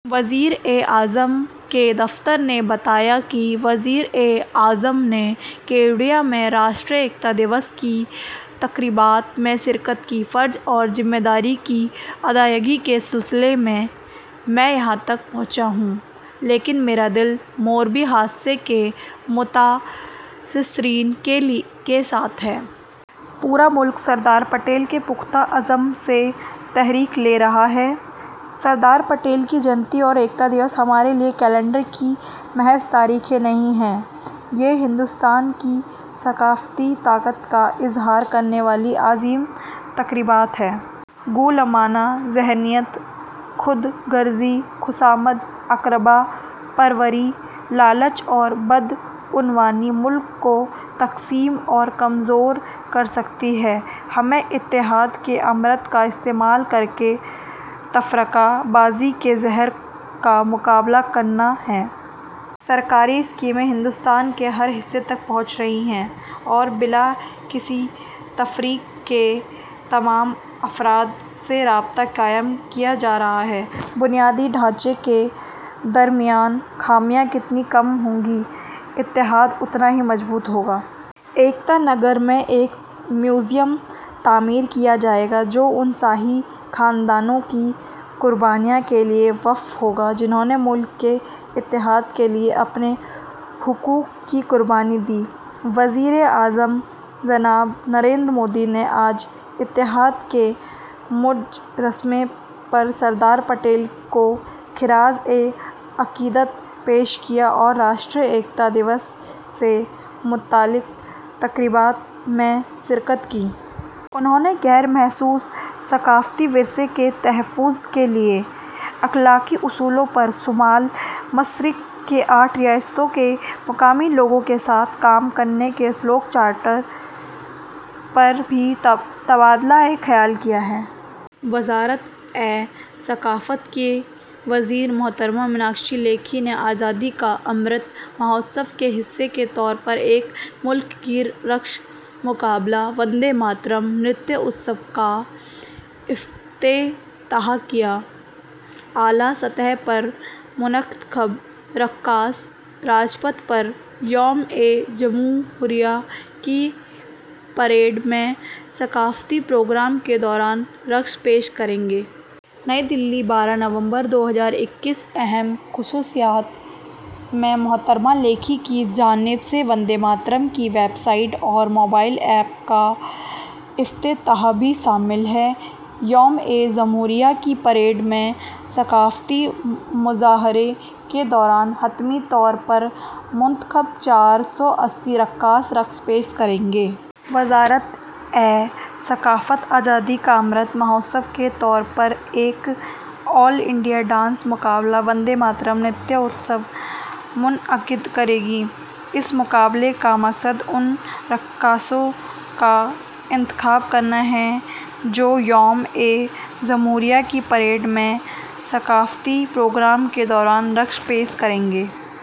وزیر اعظم کے دفتر نے بتایا کہ وزیر اعظم نے کیوڈیا میں راشٹریہ ایکتا دیوس کی تقریبات میں شرکت کی۔ فرض اور ذمہ داری کی ادائیگی کے سلسلے میں میں یہاں تک پہنچا ہوں، لیکن میرا دل موربی حادثے کے متاثرین کے ساتھ ہے۔ پورا ملک سردار پٹیل کے پختہ عزم سے تحریک لے رہا ہے۔ سردار پٹیل کی جینتی اور ایکتا دیوس ہمارے لیے کیلنڈر کی محض تاریخیں نہیں ہیں، یہ ہندوستان کی ثقافتی طاقت کا اظہار کرنے والی عظیم تقریبات ہیں۔ غلامانہ ذہنیت، خود غرضی، خوشامد، اقربا پروری، لالچ اور بدعنوانی ملک کو تقسیم اور کمزور کر سکتی ہیں۔ ہمیں اتحاد کے امرت کا استعمال کرکے تفرقہ بازی کے زہر کا مقابلہ کرنا ہے۔ سرکاری اسکیمیں ہندوستان کے ہر حصے تک پہنچ رہی ہیں اور بلا کسی تفریق کے تمام افراد سے رابطہ قائم کیا جا رہا ہے۔ بنیادی ڈھانچے کے درمیان خامیاں جتنی کم ہوں گی، اتحاد اتنا ہی مضبوط ہوگا۔ ایکتا نگر میں ایک میوزیم تعمیر کیا جائے گا جو ان شاہی خاندانوں کی قربانیوں کے لیے وقف ہوگا جنہوں نے ملک کے اتحاد کے لیے اپنے حقوق کی قربانی دی۔ وزیر اعظم جناب نریندر مودی نے آج اتحاد کے مجسمے پر سردار پٹیل کو خراج عقیدت پیش کیا اور راشٹریہ ایکتا دیوس سے متعلق تقریبات میں شرکت کی۔ انہوں نے غیر محسوس ثقافتی ورثے کے تحفظ کے لیے اخلاقی اصولوں اور شمال مشرق کی آٹھ ریاستوں کے مقامی لوگوں کے ساتھ کام کرنے کے شیلانگ چارٹر پر بھی تبادلہ خیال کیا۔ وزارت ثقافت کی وزیر محترمہ میناکشی لیکھی نے آزادی کا امرت مہوتسو کے حصے کے طور پر ایک ملک گیر رقص مقابلہ وندے بھارتم، نرتیہ اتسو کا افتتاح کیا۔ اعلیٰ سطح پر منتخب رقاص راج پتھ پر یوم جمہوریہ کی پریڈ میں ثقافتی پروگرام کے دوران رقص پیش کریں گے۔ نئی دہلی، بارہ نومبر دو ہزار اکیس۔ اہم خصوصیات میں محترمہ لیکھی کی جانب سے وندے بھارتم کی ویب سائٹ اور موبائل ایپ کا افتتاح بھی شامل ہے۔ یوم جمہوریہ کی پریڈ میں ثقافتی مظاہرے کے دوران حتمی طور پر منتخب چار سو اسی رقاص رقص پیش کریں گے۔ وزارت ثقافت آزادی کا امرت مہوتسو کے طور پر ایک آل انڈیا ڈانس مقابلہ وندے بھارتم، نرتیہ اتسو منعقد کرے گی۔ اس مقابلے کا مقصد ان رقاصوں کا انتخاب کرنا ہے جو یوم جمہوریہ کی پریڈ میں ثقافتی پروگرام کے دوران رقص پیش کریں گے۔